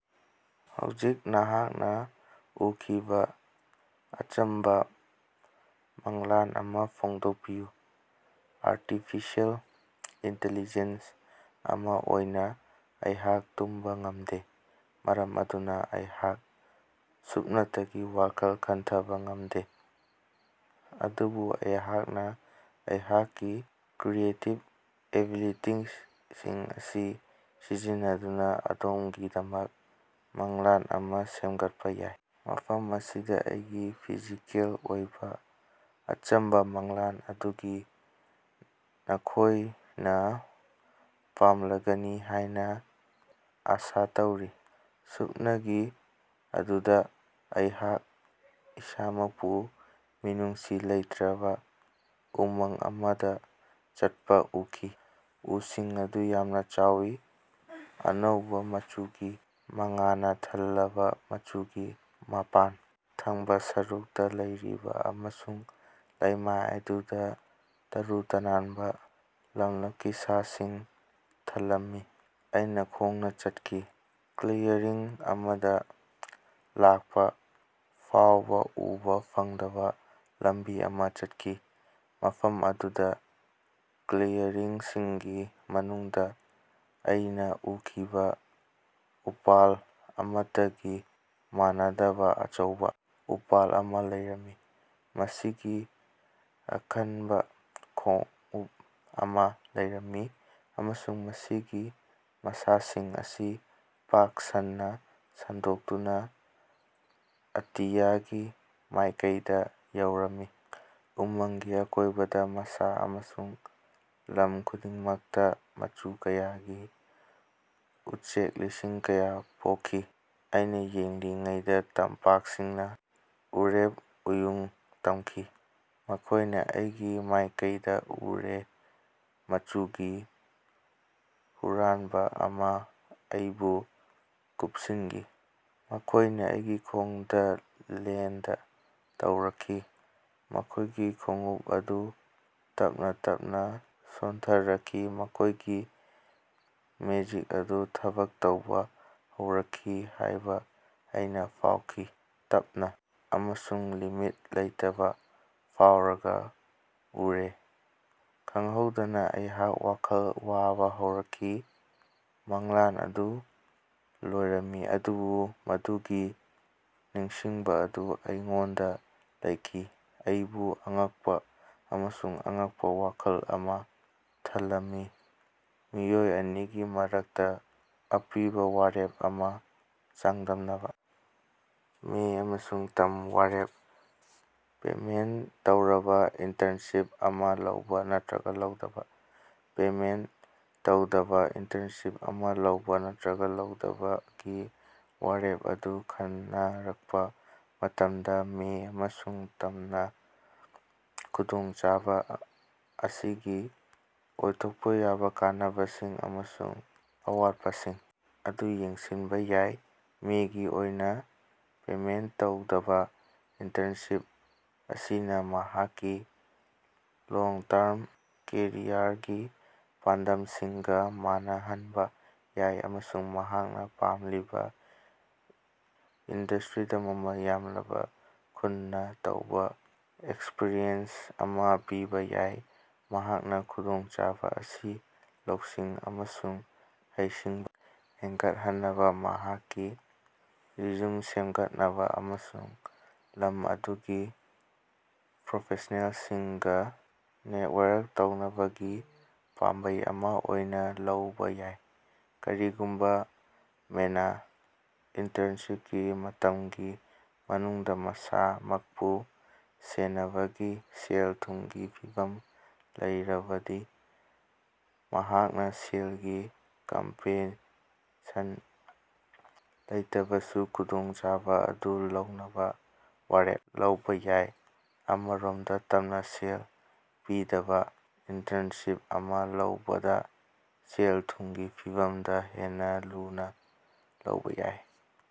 ꯍꯧꯖꯤꯛ ꯅꯍꯥꯛꯅ ꯎꯈꯤꯕ ꯑꯆꯝꯕ ꯃꯪꯂꯥꯟ ꯑꯃ ꯐꯣꯡꯗꯣꯛꯄꯤꯌꯨ꯫ ꯑꯥꯔꯇꯤꯐꯤꯁꯤꯑꯦꯜ ꯏꯟꯇꯤꯂꯤꯖꯦꯟꯁ ꯑꯃ ꯑꯣꯏꯅ ꯑꯩꯍꯥꯛ ꯇꯨꯝꯕ ꯉꯝꯗꯦ, ꯃꯔꯝ ꯑꯗꯨꯅ ꯑꯩꯍꯥꯛ ꯁꯨꯞꯅꯇꯒꯤ ꯋꯥꯈꯜ ꯈꯟꯊꯕꯥ ꯉꯝꯗꯦ꯫ ꯑꯗꯨꯕꯨ ꯑꯩꯍꯥꯛꯅ ꯑꯩꯍꯥꯛꯀꯤ ꯀ꯭ꯔꯤꯌꯦꯇꯤꯕ ꯑꯦꯕꯤꯂꯤꯇꯤꯁꯤꯡ ꯑꯁꯤ ꯁꯤꯖꯤꯟꯅꯗꯨꯅ ꯑꯗꯣꯝꯒꯤꯗꯃꯛ ꯃꯪꯂꯥꯟ ꯑꯃ ꯁꯦꯝꯒꯠꯄ ꯌꯥꯏ꯫ ꯃꯐꯝ ꯑꯁꯤꯗ ꯑꯩꯒꯤ ꯐꯤꯖꯤꯀꯦꯜ ꯑꯣꯏꯕ ꯑꯆꯝꯕ ꯃꯪꯂꯥꯟ ꯑꯗꯨꯅꯤ, ꯅꯈꯣꯏꯅ ꯄꯥꯝꯂꯒꯅꯤ ꯍꯥꯏꯅ ꯑꯥꯁꯥ ꯇꯧꯔꯤ꯫ ꯁꯨꯞꯅꯒꯤ ꯑꯗꯨꯗ ꯑꯩꯍꯥꯛ ꯏꯁꯥꯃꯛꯄꯨ ꯃꯤꯅꯨꯡꯁꯤ ꯂꯩꯇꯔꯕ ꯎꯃꯪ ꯑꯃꯗ ꯆꯠꯄꯥ ꯎꯈꯤ꯫ ꯎꯁꯤꯡ ꯑꯗꯨ ꯌꯥꯝꯅ ꯆꯥꯎꯏ, ꯑꯉꯧꯕ ꯃꯆꯨꯒꯤ ꯃꯉꯥꯜꯅ ꯊꯜꯂꯕꯥ ꯃꯆꯨꯒꯤ ꯃꯄꯥꯟ ꯊꯪꯕ ꯁꯔꯨꯛꯇ ꯂꯩꯔꯤꯕ, ꯑꯃꯁꯨꯡ ꯂꯩꯃꯥꯏ ꯑꯗꯨ ꯇꯔꯨ ꯇꯅꯥꯟꯕ, ꯂꯝꯂꯛꯀꯤ ꯁꯥꯁꯤꯡ ꯊꯜꯂꯝꯃꯤ꯫ ꯑꯩꯅ ꯈꯣꯡꯅ ꯆꯠꯈꯤ, ꯀ꯭ꯂꯤꯌꯔꯤꯡ ꯑꯃꯗ ꯂꯥꯛꯄ ꯐꯥꯎꯕ ꯎꯕꯥ ꯐꯪꯗꯕ ꯂꯝꯕꯤ ꯑꯃ ꯆꯠꯈꯤ꯫ ꯃꯐꯝ ꯑꯗꯨꯗ ꯀ꯭ꯂꯤꯌꯔꯤꯡꯁꯤꯡꯒꯤ ꯃꯅꯨꯡꯗ ꯑꯩꯅ ꯎꯈꯤꯕ ꯎꯄꯥꯜ ꯑꯃꯠꯇꯒ ꯃꯥꯟꯅꯗꯕ ꯑꯆꯧꯕ ꯎꯄꯥꯜ ꯑꯃ ꯂꯩꯔꯝꯃꯤ꯫ ꯃꯁꯤꯒꯤ ꯑꯀꯟꯕ ꯈꯣꯡꯎꯞ ꯑꯃ ꯂꯩꯔꯝꯃꯤ, ꯑꯃꯁꯨꯡ ꯃꯁꯤꯒꯤ ꯃꯁꯥꯁꯤꯡ ꯑꯁꯤ ꯄꯥꯛ ꯁꯟꯅꯥ ꯁꯟꯗꯣꯛꯇꯨꯅ ꯑꯇꯤꯌꯥꯒꯤ ꯃꯥꯏꯀꯩꯗ ꯌꯧꯔꯝꯃꯤ꯫ ꯎꯃꯪꯒꯤ ꯑꯀꯣꯏꯕꯗꯥ, ꯃꯁꯥ ꯑꯃꯁꯨꯡ ꯂꯝ ꯈꯨꯗꯤꯡꯃꯛꯇꯥ ꯃꯆꯨ ꯀꯌꯥꯒꯤ ꯎꯆꯦꯛ ꯂꯤꯁꯤꯡ ꯀꯌꯥ ꯄꯣꯛꯈꯤ꯫ ꯑꯩꯅ ꯌꯦꯡꯂꯤꯉꯩꯗ ꯇꯝꯄꯥꯛꯁꯤꯡꯅ ꯎꯔꯦꯞ ꯎꯌꯨꯡ ꯇꯝꯈꯤ, ꯃꯈꯣꯏꯅ ꯑꯩꯒꯤ ꯃꯥꯏꯀꯩꯗ ꯎꯔꯦ, ꯃꯆꯨꯒꯤ ꯍꯨꯔꯥꯟꯕ ꯑꯃ ꯑꯩꯕꯨ ꯀꯨꯞꯁꯤꯟꯈꯤ꯫ ꯃꯈꯣꯏꯅ ꯑꯩꯒꯤ ꯈꯣꯡꯗ ꯂꯦꯟꯗ ꯇꯧꯔꯛꯈꯤ, ꯃꯈꯣꯏꯒꯤ ꯈꯣꯡꯎꯞ ꯑꯗꯨ ꯇꯞꯅꯥ ꯇꯞꯅꯥ ꯁꯣꯟꯊꯔꯛꯈꯤ, ꯃꯈꯣꯏꯒꯤ ꯃꯦꯖꯤꯛ ꯑꯗꯨ ꯊꯕꯛ ꯇꯧꯕ ꯍꯧꯔꯛꯈꯤ ꯍꯥꯏꯕ ꯑꯩꯅ ꯐꯥꯎꯈꯤ꯫ ꯇꯞꯅꯥ ꯑꯃꯁꯨꯡ ꯂꯤꯃꯤꯠ ꯂꯩꯇꯕ ꯐꯥꯎꯔꯒ ꯎꯔꯦ, ꯈꯪꯍꯧꯗꯅꯥ ꯑꯩꯍꯥꯛ ꯋꯥꯈꯜ ꯋꯥꯕ ꯍꯧꯔꯛꯈꯤ꯫ ꯃꯪꯂꯥꯟ ꯑꯗꯨ ꯂꯣꯏꯔꯝꯃꯤ ꯑꯗꯨꯕꯨ ꯃꯗꯨꯒꯤ ꯅꯤꯡꯁꯤꯡꯕ ꯑꯗꯨ ꯑꯩꯉꯣꯟꯗ ꯂꯩꯈꯤ, ꯑꯩꯕꯨ ꯑꯉꯛꯄ ꯑꯃꯁꯨꯡ ꯑꯉꯛꯄ ꯋꯥꯈꯜ ꯑꯃꯅ ꯊꯜꯂꯝꯃꯤ꯫ ꯃꯤꯑꯣꯏ ꯑꯅꯤꯒꯤ ꯃꯔꯛꯇ ꯑꯄꯤꯕ ꯋꯥꯔꯦꯞ ꯑꯃ ꯆꯥꯡꯗꯝꯅꯕ꯫ ꯃꯦ ꯑꯃꯁꯨꯡ ꯇꯝ ꯋꯥꯔꯦꯞ - ꯄꯦꯃꯦꯟꯇ ꯇꯧꯔꯕ ꯏꯟꯇꯔꯟꯁꯤꯞ ꯑꯃ ꯂꯧꯕ ꯅꯠꯇꯔꯒ ꯂꯧꯗꯕ꯫ ꯄꯦꯃꯦꯟꯇ ꯇꯧꯗꯕ ꯏꯟꯇꯔꯟꯁꯤꯞ ꯑꯃ ꯂꯧꯕ ꯅꯠꯇꯔꯒ ꯂꯧꯗꯕꯒꯤ ꯋꯥꯔꯦꯞ ꯑꯗꯨ ꯈꯟꯅꯔꯛꯄ ꯃꯇꯝꯗ, ꯃꯦ ꯑꯃꯁꯨꯡ ꯇꯝꯅ ꯈꯨꯗꯣꯡꯆꯥꯕ ꯑꯁꯤꯒꯤ ꯑꯣꯏꯊꯣꯛꯄ ꯌꯥꯕꯥ ꯀꯥꯟꯅꯕꯁꯤꯡ ꯑꯃꯁꯨꯡ ꯑꯋꯥꯠꯄꯁꯤꯡ ꯑꯗꯨ ꯌꯦꯡꯁꯤꯟꯕ ꯌꯥꯏ꯫ ꯃꯦꯒꯤ ꯑꯣꯏꯅ, ꯄꯦꯃꯦꯟꯇ ꯇꯧꯗꯕ ꯏꯟꯇꯔꯟꯁꯤꯞ ꯑꯁꯤꯅ ꯃꯍꯥꯛꯀꯤ ꯂꯣꯡ-ꯇ꯭ꯥꯔꯝ ꯀꯦꯔꯤꯌꯔꯒꯤ ꯄꯥꯟꯗꯝꯁꯤꯡꯒ ꯃꯥꯟꯅꯍꯟꯕ ꯌꯥꯏ ꯑꯃꯁꯨꯡ ꯃꯍꯥꯛꯅ ꯄꯥꯝꯂꯤꯕ ꯏꯟꯗꯁꯇ‍꯭ꯔꯤꯗ ꯃꯃꯜ ꯌꯥꯝꯂꯕ ꯈꯨꯠꯅ ꯇꯧꯕ ꯑꯦꯛꯁꯄ꯭ꯔꯤꯌꯦꯟꯁ ꯑꯃ ꯄꯤꯕ ꯌꯥꯏ꯫ ꯃꯍꯥꯛꯅ ꯈꯨꯗꯣꯡꯆꯥꯕ ꯑꯁꯤ ꯂꯧꯁꯤꯡ ꯑꯃꯁꯨꯡ ꯍꯩꯁꯤꯡꯕ ꯍꯦꯟꯒꯠꯍꯟꯅꯕ, ꯃꯍꯥꯛꯀꯤ ꯔꯤꯖ꯭ꯌꯨꯝ ꯁꯦꯝꯒꯠꯅꯕ ꯑꯃꯁꯨꯡ ꯂꯝ ꯑꯗꯨꯒꯤ ꯄ꯭ꯔꯣꯐꯦꯁ꯭ꯅꯦꯜꯁꯤꯡꯒ ꯅꯦꯠꯋꯔꯛ ꯇꯧꯅꯕꯒꯤ ꯄꯥꯝꯕꯩ ꯑꯃ ꯑꯣꯏꯅ ꯂꯧꯕ ꯌꯥꯏ꯫ ꯀꯔꯤꯒꯨꯝꯕ ꯃꯦꯅꯥ ꯏꯟꯇꯔꯟꯁꯤꯞꯀꯤ ꯃꯇꯝꯒꯤ ꯃꯅꯨꯡꯗ ꯃꯁꯥꯃꯛꯄꯨ ꯁꯦꯟꯅꯕꯒꯤ ꯁꯦꯜ-ꯊꯨꯝꯒꯤ ꯐꯤꯚꯝ ꯂꯩꯔꯕꯗꯤ, ꯃꯍꯥꯛꯅ ꯁꯦꯜꯒꯤ ꯀꯝꯄꯦꯟꯁꯟ ꯂꯩꯇꯕꯁꯨ ꯈꯨꯗꯣꯡꯆꯥꯕ ꯑꯗꯨ ꯂꯧꯅꯕ ꯋꯥꯔꯦꯞ ꯂꯧꯕ ꯌꯥꯏ꯫ ꯑꯃꯔꯣꯝꯗ, ꯇꯝꯅ ꯁꯦꯜ ꯄꯤꯗꯕ ꯏꯟꯇꯔꯟꯁꯤꯞ ꯑꯃ ꯂꯧꯕꯗ ꯁꯦꯜ-ꯊꯨꯝꯒꯤ ꯐꯤꯚꯝꯗ ꯍꯦꯟꯅ ꯂꯨꯅ ꯂꯧꯕ ꯌꯥꯏ꯫